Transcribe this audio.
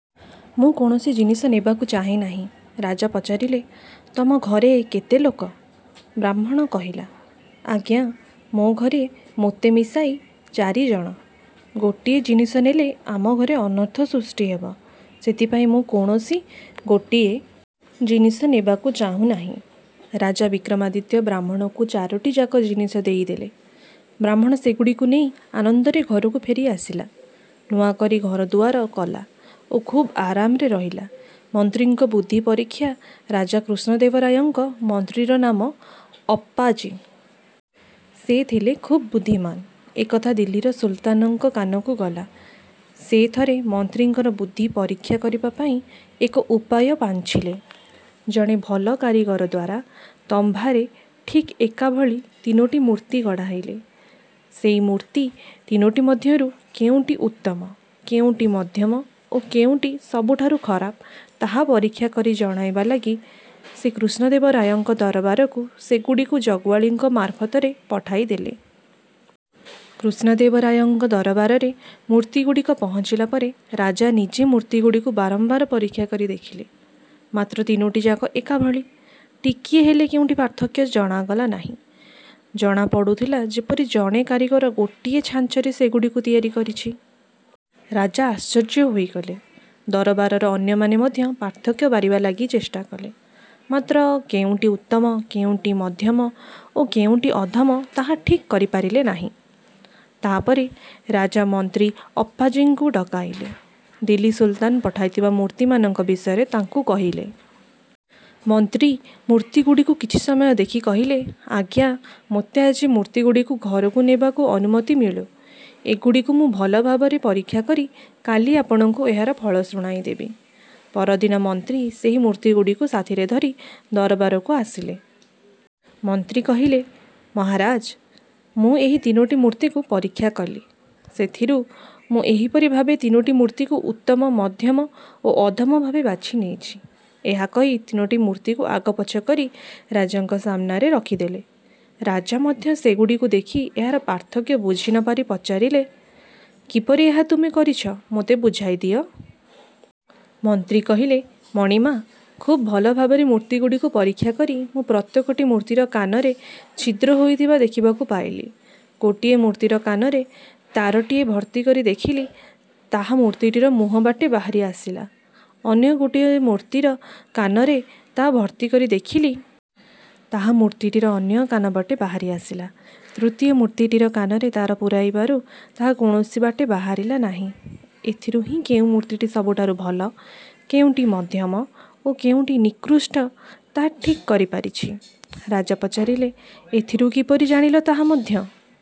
ମୁଁ କୌଣସି ଜିନିଷ ନେବାକୁ ଚାହେଁ ନାହିଁ। '' ରାଜା ପଚାରିଲେ-''ତମ ଘରେ କେତେ ଲୋକ? '' ବ୍ରାହ୍ମଣ କହିଲା- ''ଆଜ୍ଞା, ମୋ ଘରେ ମୋତେ ମିଶାଇ ଚାରି ଜଣ। ଗୋଟିଏ ଜିନିଷ ନେଲେ ଆମ ଘରେ ଅନର୍ଥ ସୃଷ୍ଟି ହେବ। ସେଥିପାଇଁ ମୁଁ କୌଣସି ଗୋଟିଏ। ଜିନିଷ ନେବାକୁ ଚାହୁଁ ନାହିଁ। ରାଜା ବିକ୍ରମାଦିତ୍ୟ ବ୍ରାହ୍ମଣକୁ ଚାରୋଟିଯାକ ଜିନିଷ ଦେଇ ଦେଲେ। ବ୍ରାହ୍ମଣ ସେଗୁଡ଼ିକୁ ନେଇ ଆନନ୍ଦରେ ଘରକୁ ଫେରି ଆସିଲା। ନୂଆ କରି ଘର ଦୁଆର କଲା ଓ ଖୁବ୍ ଆରାମରେ ରହିଲା। ମନ୍ତ୍ରୀଙ୍କ ବୁଦ୍ଧି ପରୀକ୍ଷା ରାଜା କୃଷ୍ଣଦେବ ରାୟଙ୍କ ମନ୍ତ୍ରୀଙ୍କ ନାମ ଅପ୍ପାଜୀ। ସେ ଥିଲେ ଖୁବ୍ ବୁଦ୍ଧିମାନ୍। ଏକଥା ଦିଲ୍ଲୀର ସୁଲତାନଙ୍କ କାନକୁ ଗଲା। ସେ ଥରେ ମନ୍ତ୍ରୀଙ୍କର ବୁଦ୍ଧି ପରୀକ୍ଷା କରିବା ପାଇଁ ଏକ ଉପାୟ ପାଞ୍ଚିଲେ। ଜଣେ ଭଲ କାରିଗର ଦ୍ୱାରା ତମ୍ବାରେ ଠିକ୍ ଏକା ଭଳି ତିନୋଟି ମୂର୍ତ୍ତି ଗଢ଼ାଇଲେ। ସେଇ ମୂର୍ତ୍ତି ତିନୋଟି ମଧ୍ୟରୁ କେଉଁଟି ଉତ୍ତମ, କେଉଁଟି ମଧ୍ୟମ ଓ କେଉଁଟି ସବୁଠାରୁ ଖରାପ ତାହା ପରୀକ୍ଷା କରି ଜଣାଇବା ଲାଗି ସେ କୃଷ୍ଣଦେବ ରାୟଙ୍କ ଦରବାରକୁ ସେଗୁଡ଼ିକୁ ଜଗୁଆଳିଙ୍କ ମାର୍ଫତରେ ପଠାଇଦେଲେ। କୃଷ୍ଣଦେବ ରାୟଙ୍କ ଦରବାରରେ ମୂର୍ତ୍ତିଗୁଡ଼ିକ ପହଞ୍ଚିଲା ପରେ ରାଜା ନିଜେ ମୂର୍ତ୍ତିଗୁଡ଼ିକୁ ବାରମ୍ବାର ପରୀକ୍ଷା କରି ଦେଖିଲେ; ମାତ୍ର ତିନୋଟି ଯାକ ଏକା ଭଳି; ଟିକିଏ ହେଲେ କେଉଁଠି ପାର୍ଥକ୍ୟ ଜାଣାଗଲା ନାହିଁ। ଜଣା ପଡ଼ୁଥିଲା ଯେପରି ଜଣେ କାରିଗର ଗୋଟିଏ ଛାଞ୍ଚରେ ସେଗୁଡ଼ିକୁ ତିଆରି କରିଛି। ରାଜା ଆଶ୍ଚର୍ଯ୍ୟ ହୋଇଗଲେ। ଦରବାରର ଅନ୍ୟମାନେ ମଧ୍ୟ ପାର୍ଥକ୍ୟ ବାରିବା ଲାଗି ଚେଷ୍ଟା କଲେ। ମାତ୍ର କେଉଁଟି ଉତ୍ତମ, କେଉଁଟି ମଧ୍ୟମ ଓ କେଉଁଟି ଅଧମ ତାହା ଠିକ୍ କରି ପାରିଲେ ନାହିଁ। ତାପରେ ରାଜା ମନ୍ତ୍ରୀ ଅପ୍ପାଜୀଙ୍କୁ ଡକାଇଲେ। ଦିଲ୍ଲୀ ସୁଲତାନ ପଠାଇଥିବା ମୂର୍ତ୍ତିମାନଙ୍କ ବିଷୟ ତାଙ୍କୁ କହିଲେ। ମନ୍ତ୍ରୀ ମୂର୍ତ୍ତିଗୁଡ଼ିକୁ କିଛି ସମୟ ଦେଖି କହିଲେ-''ଆଜ୍ଞା, ମୋତେ ଆଜି ମୂର୍ତ୍ତିଗୁଡ଼ିକୁ ଘରକୁ ନେବାକୁ ଅନୁମତି ମିଳୁ। ଏଗୁଡ଼ିକୁ ମୁଁ ଭଲ ଭାବରେ ପରୀକ୍ଷା କରି କାଲି ଆପଣଙ୍କୁ ଏହାର ଫଳ ଶୁଣାଇ ଦେବି। '' ପରଦିନ ମନ୍ତ୍ରୀ ସେହି ମୂର୍ତ୍ତିଗୁଡ଼ିକୁ ସାଥିରେ ଧରି ଦରବାରକୁ ଆସିଲେ। ମନ୍ତ୍ରୀ କହିଲେ- ''ମହାରାଜ! ମୁଁ ଏହି ତିନୋଟି ମୂର୍ତ୍ତିକୁ ପରୀକ୍ଷା କଲି। ସେଥିରୁ ମୁଁ ଏହିପରି ଭାବେ ତିନୋଟି ମୂର୍ତ୍ତିକୁ ଉତ୍ତମ, ମଧ୍ୟମ ଓ ଅଧମ ଭାବେ ବାଛି ନେଇଛି''-ଏହା କହି ତିନୋଟି ମୂର୍ତ୍ତିକୁ ଆଗପଛ କରି ରାଜାଙ୍କ ସାମ୍ନାରେ ରଖି ଦେଲେ। ରାଜା ମଧ୍ୟ ସେଗୁଡ଼ିକୁ ଦେଖି ଏହାର ପାର୍ଥକ୍ୟ ବୁଝିନପାରି ପଚାରିଲେ-''କିପରି ଏହା ତୁମେ କରିଛ ମୋତେ ବୁଝାଇ ଦିଅ। '' ମନ୍ତ୍ରୀ କହିଲେ- ''ମଣିମା! ଖୁବ୍ ଭଲ ଭାବରେ ମୂର୍ତ୍ତିଗୁଡ଼ିକୁ ପରୀକ୍ଷା କରି ମୁଁ ପ୍ରତ୍ୟେକଟି ମୂର୍ତ୍ତିର କାନରେ ଛିଦ୍ର ହୋଇଥିବା ଦେଖିବାକୁ ପାଇଲି। ଗୋଟିଏ ମୂର୍ତ୍ତିର କାନରେ ତାରଟିଏ ଭର୍ତ୍ତିକରି ଦେଖିଲି ତାହା ମୂର୍ତ୍ତିଟିର ମୁହଁ ବାଟେ ବାହାରି ଆସିଲା। ଅନ୍ୟ ଗୋଟିଏ ମୂର୍ତ୍ତିର କାନରେ ତାର ଭର୍ତ୍ତିକରି ଦେଖିଲି। ତାହା ମୂର୍ତ୍ତିଟିର ଅନ୍ୟ କାନ ବାଟେ ବାହାରି ଆସିଲା। ତୃତୀୟ ମୂର୍ତ୍ତିଟିର କାନରେ ତାର ପୂରାଇବାରୁ ତାହା କୌଣସି ବାଟେ ବାହାରିଲା ନାହିଁ। ଏଥିରୁ ହିଁ କେଉଁ ମୂର୍ତ୍ତିଟି ସବୁଠାରୁ ଭଲ, କେଉଁଟି ମଧ୍ୟମ, ଓ କେଉଁଟି ନିକୃଷ୍ଟ ତାହା ଠିକ୍ କରି ପାରିଛି। '' ରାଜା ପଚାରିଲେ-''ଏଥିରୁ କିପରି ଜାଣିଲ ତାହା ମଧ୍ୟ